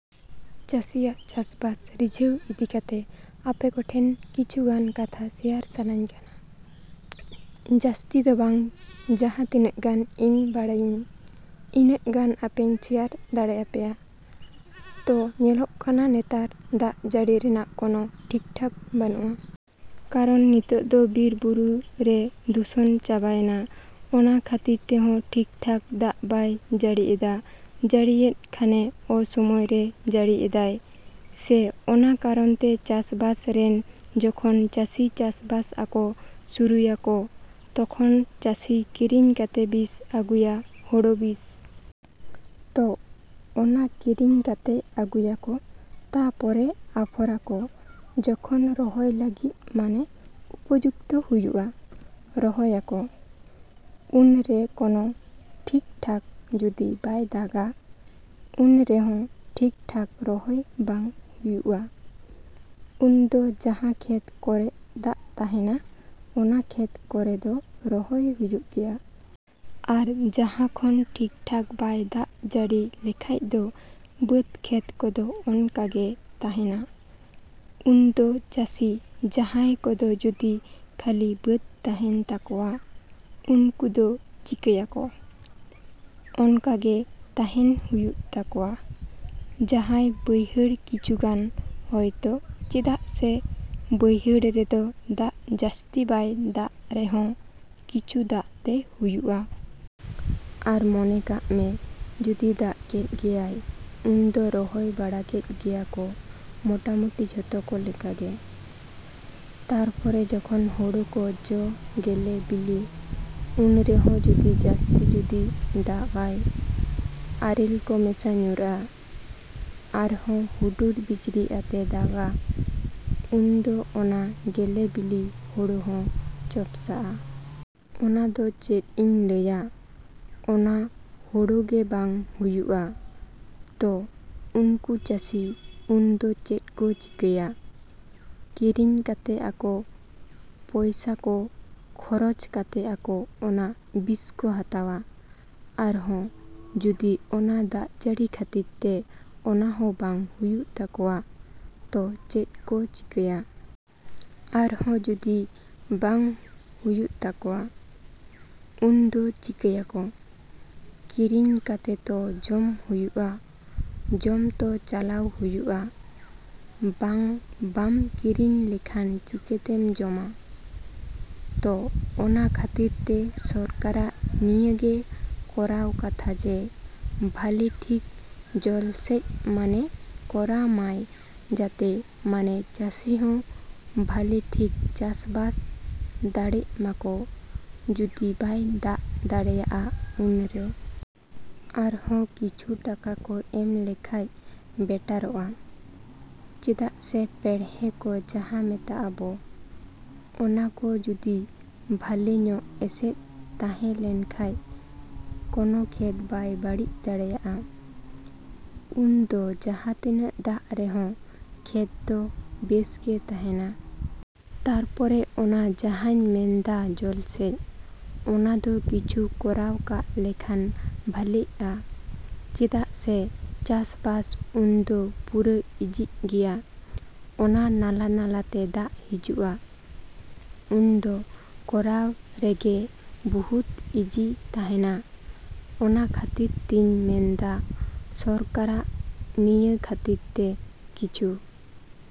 ᱪᱟᱹᱥᱤᱭᱟᱜ ᱪᱟᱥᱼᱵᱟᱥ ᱨᱤᱡᱷᱟᱹᱣ ᱤᱫᱤ ᱠᱟᱛᱮ ᱟᱯᱮ ᱠᱚᱴᱷᱮᱡ ᱠᱤᱪᱷᱩ ᱜᱟᱱ ᱠᱟᱛᱷᱟ ᱥᱮᱭᱟᱨ ᱥᱟᱱᱟᱧ ᱠᱟᱱᱟ᱾ ᱡᱟᱹᱥᱛᱤ ᱫᱚ ᱵᱟᱝ, ᱡᱟᱦᱟᱸ ᱛᱤᱱᱟᱹᱜ ᱜᱟᱱ ᱤᱧ ᱵᱟᱲᱟᱭᱟᱹᱧ, ᱤᱱᱟᱹᱜ ᱜᱟᱱ ᱟᱯᱮᱧ ᱥᱮᱭᱟᱨ ᱫᱟᱲᱮᱭᱟᱯᱮᱭᱟ᱾ ᱛᱚ ᱧᱮᱞᱚᱜ ᱠᱟᱱᱟ ᱱᱮᱛᱟᱨ ᱫᱟᱜ ᱡᱟᱹᱲᱤ ᱨᱮᱭᱟᱜ ᱠᱚᱱᱚ ᱴᱷᱤᱠ-ᱴᱷᱟᱠ ᱵᱟᱹᱱᱩᱜᱼᱟ᱾ ᱠᱟᱨᱚᱱ ᱱᱤᱛᱚᱜ ᱫᱚ ᱵᱤᱨ-ᱵᱩᱨᱩ ᱨᱮ ᱫᱷᱩᱥᱚᱱ ᱪᱟᱵᱟᱭᱮᱱᱟ᱾ ᱚᱱᱟ ᱠᱷᱟᱹᱛᱤᱨ ᱛᱮᱦᱚᱸ ᱴᱷᱤᱠ-ᱴᱷᱟᱠ ᱫᱟᱜ ᱵᱟᱭ ᱡᱟᱹᱲᱤᱭᱮᱫᱟ᱾ ᱡᱟᱹᱲᱤᱭᱮᱜ ᱠᱷᱟᱱᱮ ᱚᱥᱚᱢᱳᱭ ᱨᱮ ᱡᱟᱹᱲᱤᱭᱮᱫᱟᱭ᱾ ᱥᱮ ᱚᱱᱟ ᱠᱟᱨᱚᱱᱛᱮ ᱪᱟᱥ-ᱵᱟᱥ ᱨᱮᱱ ᱡᱚᱠᱷᱚᱱ ᱪᱟᱹᱥᱤ ᱪᱟᱥ-ᱵᱟᱥ ᱟᱠᱚ ᱥᱩᱨᱩᱭᱟ ᱠᱚ, ᱛᱚᱠᱷᱚᱱ ᱪᱟᱹᱥᱤ ᱠᱤᱨᱤᱧ ᱠᱟᱛᱮ ᱵᱤᱥ ᱟᱹᱜᱩᱭᱟ, ᱦᱳᱲᱳ ᱵᱤᱥ᱾ ᱛᱚ ᱚᱱᱟ ᱠᱤᱨᱤᱧ ᱠᱟᱛᱮ ᱟᱹᱜᱩᱭᱟᱠᱚ, ᱛᱟᱨᱯᱚᱨᱮ ᱟᱯᱷᱚᱨᱟᱠᱚ ᱡᱚᱠᱷᱚᱱ ᱨᱚᱦᱚᱭ ᱞᱟᱹᱜᱤᱫ ᱢᱟᱱᱮ ᱩᱯᱚᱡᱩᱠᱛᱚ ᱦᱩᱭᱩᱜᱼᱟ᱾ ᱨᱚᱦᱚᱭᱟᱠᱚ᱾ ᱩᱱᱨᱮ ᱠᱳᱱᱳ ᱴᱷᱤᱠ-ᱴᱷᱟᱠ ᱡᱩᱫᱤ ᱵᱟᱭ ᱫᱟᱜᱟ, ᱩᱱᱨᱮᱦᱚᱸ ᱴᱷᱤᱠ-ᱴᱷᱟᱠ ᱨᱚᱦᱚᱭ ᱵᱟᱝ ᱦᱩᱭᱩᱜᱼᱟ᱾ ᱩᱱᱫᱚ ᱡᱟᱦᱟᱸ ᱠᱷᱮᱛ ᱠᱚᱨᱮᱜ ᱫᱟᱜ ᱛᱟᱦᱮᱱᱟ, ᱚᱱᱟ ᱠᱷᱮᱛ ᱠᱚᱨᱮ ᱫᱚ ᱨᱚᱦᱚᱭ ᱦᱩᱭᱩᱜ ᱜᱮᱭᱟ᱾ ᱟᱨ ᱡᱟᱦᱟᱸ ᱠᱷᱚᱱ ᱴᱷᱤᱠ-ᱴᱷᱟᱠ ᱵᱟᱭ ᱫᱟᱜ ᱡᱟᱹᱲᱤ ᱞᱮᱠᱷᱟᱡ ᱫᱚ ᱵᱟᱹᱫᱽ ᱠᱷᱮᱛ ᱠᱚᱫᱚ ᱚᱱᱠᱟᱜᱮ ᱛᱟᱦᱮᱱᱟ᱾ ᱩᱱᱫᱚ ᱪᱟᱹᱥᱤ ᱡᱟᱦᱟᱸᱭ ᱠᱚᱫᱚ ᱡᱩᱫᱤ ᱠᱷᱟᱹᱞᱤ ᱵᱟᱹᱫᱽ ᱛᱟᱦᱮᱱ ᱛᱟᱠᱚᱣᱟ, ᱩᱱᱠᱩ ᱫᱚ ᱪᱤᱠᱟᱹᱭᱟᱠᱚ? ᱚᱱᱠᱟᱜᱮ ᱛᱟᱦᱮᱱ ᱦᱩᱭᱩᱜ ᱛᱟᱠᱚᱣᱟ᱾ ᱡᱟᱦᱟᱸᱭ ᱵᱟᱹᱭᱦᱟᱹᱲ ᱠᱤᱪᱷᱩ ᱜᱟᱱ, ᱦᱚᱭᱛᱳ ᱪᱮᱫᱟᱜ ᱥᱮ ᱵᱟᱹᱭᱦᱟᱹᱲ ᱨᱮᱫᱚ ᱫᱟᱜ ᱡᱟᱹᱥᱛᱤ ᱵᱟᱭ ᱫᱟᱜ ᱨᱮᱦᱚᱸ ᱠᱤᱪᱷᱩ ᱫᱟᱜ ᱛᱮ ᱦᱩᱭᱩᱜᱼᱟ᱾ ᱟᱨ ᱢᱚᱱᱮ ᱠᱟᱜ ᱢᱮ ᱡᱩᱫᱤ ᱫᱟᱜ ᱠᱮᱜ ᱜᱮᱭᱟᱭ, ᱩᱱᱫᱚ ᱨᱚᱦᱚᱭ ᱵᱟᱲᱟ ᱠᱮᱜ ᱜᱮᱭᱟᱠᱚ ᱢᱳᱴᱟᱢᱩᱴᱤ ᱡᱚᱛᱚ ᱠᱚ ᱞᱮᱠᱟᱜᱮ᱾ ᱛᱟᱨᱯᱚᱨᱮ ᱡᱚᱠᱷᱚᱱ ᱦᱳᱲᱳ ᱠᱚ ᱡᱚ ᱜᱮᱞᱮ ᱵᱤᱞᱤ, ᱩᱱ ᱨᱮᱦᱚᱸ ᱡᱩᱫᱤ ᱡᱟᱹᱥᱛᱤ ᱡᱩᱫᱤ ᱫᱟᱜᱟᱭ, ᱟᱨᱮᱞ ᱠᱚ ᱢᱮᱥᱟ ᱧᱩᱨᱟ, ᱟᱨᱦᱚᱸ ᱦᱩᱰᱩᱨ ᱵᱤᱡᱽᱞᱤ ᱟᱛᱮᱜ ᱫᱟᱜᱟ, ᱩᱱᱫᱚ ᱚᱱᱟ ᱜᱮᱞᱮ ᱵᱤᱞᱤ ᱦᱳᱲᱳ ᱦᱚᱸ ᱪᱚᱢᱯᱥᱟᱜᱼᱟ᱾ ᱚᱱᱟᱫᱚ ᱪᱮᱫ ᱤᱧ ᱞᱟᱹᱭᱟ? ᱚᱱᱟ ᱦᱳᱲᱳᱜᱮ ᱵᱟᱝ ᱦᱩᱭᱩᱜᱼᱟ᱾ ᱛᱚ ᱩᱱᱠᱩ ᱪᱟᱹᱥᱤ ᱩᱱᱫᱚ ᱪᱮᱫ ᱠᱚ ᱪᱤᱠᱟᱹᱭᱟ? ᱠᱤᱨᱤᱧ ᱠᱟᱛᱮ ᱟᱠᱚ ᱯᱚᱭᱥᱟ ᱠᱚ ᱠᱷᱚᱨᱚᱪ ᱠᱟᱛᱮ ᱟᱠᱚ ᱚᱱᱟ ᱵᱤᱥᱠᱚ ᱦᱟᱛᱟᱣᱟ᱾ ᱟᱨᱦᱚᱸ ᱡᱩᱫᱤ ᱚᱱᱟ ᱫᱟᱜᱡᱟᱹᱲᱤ ᱠᱷᱟᱹᱛᱤᱨ ᱛᱮ ᱚᱱᱟ ᱦᱚᱸ ᱵᱟᱝ ᱦᱩᱭᱩᱜ ᱛᱟᱠᱚᱣᱟ, ᱛᱚ ᱪᱮᱫ ᱠᱚ ᱪᱤᱠᱟᱭᱟ? ᱟᱨᱦᱚᱸ ᱡᱩᱫᱤ ᱵᱟᱝ ᱦᱩᱭᱩᱜ ᱛᱟᱠᱣᱟ, ᱩᱱᱫᱚ ᱪᱤᱠᱟᱭᱟᱠᱚ? ᱠᱤᱨᱤᱧ ᱠᱟᱛᱮ ᱛᱚ ᱡᱚᱢ ᱦᱩᱭᱩᱜᱼᱟ᱾ ᱡᱚᱢ ᱛᱚ ᱪᱟᱞᱟᱣ ᱦᱩᱭᱩᱜᱼᱟ᱾ ᱵᱟᱝ ᱵᱟᱢ ᱠᱤᱨᱤᱧ ᱞᱮᱠᱷᱟᱱ ᱪᱤᱠᱟᱛᱮᱢ ᱡᱚᱢᱟ? ᱛᱚ ᱚᱱᱟ ᱠᱷᱟᱹᱛᱤᱨ ᱛᱮ ᱥᱚᱨᱠᱟᱨᱟᱜ ᱱᱤᱭᱟᱹᱜᱮ ᱠᱚᱨᱟᱣ ᱠᱟᱛᱷᱟ ᱡᱮ ᱵᱷᱟᱞᱮ ᱴᱷᱤᱠ ᱡᱚᱞᱥᱮᱪ ᱢᱟᱱᱮ ᱠᱚᱨᱟᱣ ᱢᱟᱭ ᱡᱟᱛᱮ ᱢᱟᱱᱮ ᱪᱟᱹᱥᱤ ᱦᱚᱸ ᱵᱷᱟᱞᱮ ᱴᱷᱤᱠ ᱪᱟᱥ-ᱵᱟᱥ ᱫᱟᱲᱮᱜ ᱢᱟᱠᱚ ᱡᱩᱫᱤ ᱵᱟᱭ ᱫᱟᱜ ᱫᱟᱲᱮᱭᱟᱜᱼᱟ ᱩᱱᱨᱮ᱾ ᱟᱨᱦᱚᱸ ᱠᱤᱪᱷᱩ ᱴᱟᱠᱟ ᱠᱚ ᱮᱢ ᱞᱮᱱᱠᱷᱟᱡ ᱵᱮᱴᱟᱨᱚᱜᱼᱟ᱾ ᱪᱮᱫᱟᱜ ᱥᱮ ᱯᱮᱲᱦᱮᱸ ᱠᱚ ᱡᱟᱦᱟᱸ ᱢᱮᱛᱟᱜ ᱟᱵᱚ, ᱚᱱᱟᱠᱚ ᱡᱩᱫᱤ ᱵᱷᱟᱞᱮᱧᱚᱜ ᱮᱥᱮᱫ ᱛᱟᱦᱮᱸ ᱞᱮᱱᱠᱷᱟᱡ, ᱠᱚᱱᱳ ᱠᱷᱮᱛ ᱵᱟᱭ ᱵᱟᱹᱲᱤᱡ ᱫᱟᱲᱮᱭᱟᱜᱼᱟ᱾ ᱩᱱᱫᱚ ᱡᱟᱦᱟᱸ ᱛᱤᱱᱟᱹᱜ ᱫᱟᱜ ᱨᱮᱦᱚᱸ ᱠᱷᱮᱛ ᱫᱚ ᱵᱮᱥ ᱜᱮ ᱛᱟᱦᱮᱱᱟ᱾ ᱛᱟᱨᱯᱚᱨᱮ ᱚᱱᱟ ᱡᱟᱦᱟᱸᱧ ᱢᱮᱱᱫᱟ ᱡᱚᱞᱥᱮᱪ, ᱚᱱᱟᱫᱚ ᱠᱤᱪᱷᱩ ᱠᱚᱨᱟᱣ ᱠᱟᱜ ᱞᱮᱠᱷᱟᱱ ᱵᱷᱟᱞᱮᱜᱼᱟ᱾ ᱪᱮᱫᱟᱜ ᱥᱮ ᱪᱟᱥ-ᱵᱟᱥ ᱩᱱᱫᱚ ᱯᱩᱨᱟᱹ ᱤᱡᱤᱜ ᱜᱮᱭᱟ᱾ ᱚᱱᱟ ᱱᱟᱞᱟ ᱱᱟᱞᱟᱛᱮ ᱫᱟᱜ ᱦᱤᱡᱩᱜᱼᱟ, ᱩᱱᱫᱚ ᱠᱚᱨᱟᱣ ᱨᱮᱜᱮ ᱵᱚᱦᱩᱫ ᱤᱡᱤ ᱛᱟᱦᱮᱱᱟ᱾ ᱚᱱᱟ ᱠᱷᱟᱹᱛᱤᱨ ᱛᱮᱧ ᱢᱮᱱᱫᱟ ᱥᱚᱨᱠᱟᱨᱟᱜ ᱱᱤᱭᱟᱹ ᱠᱷᱟᱹᱛᱤᱨ ᱛᱮ ᱠᱤᱪᱷᱩ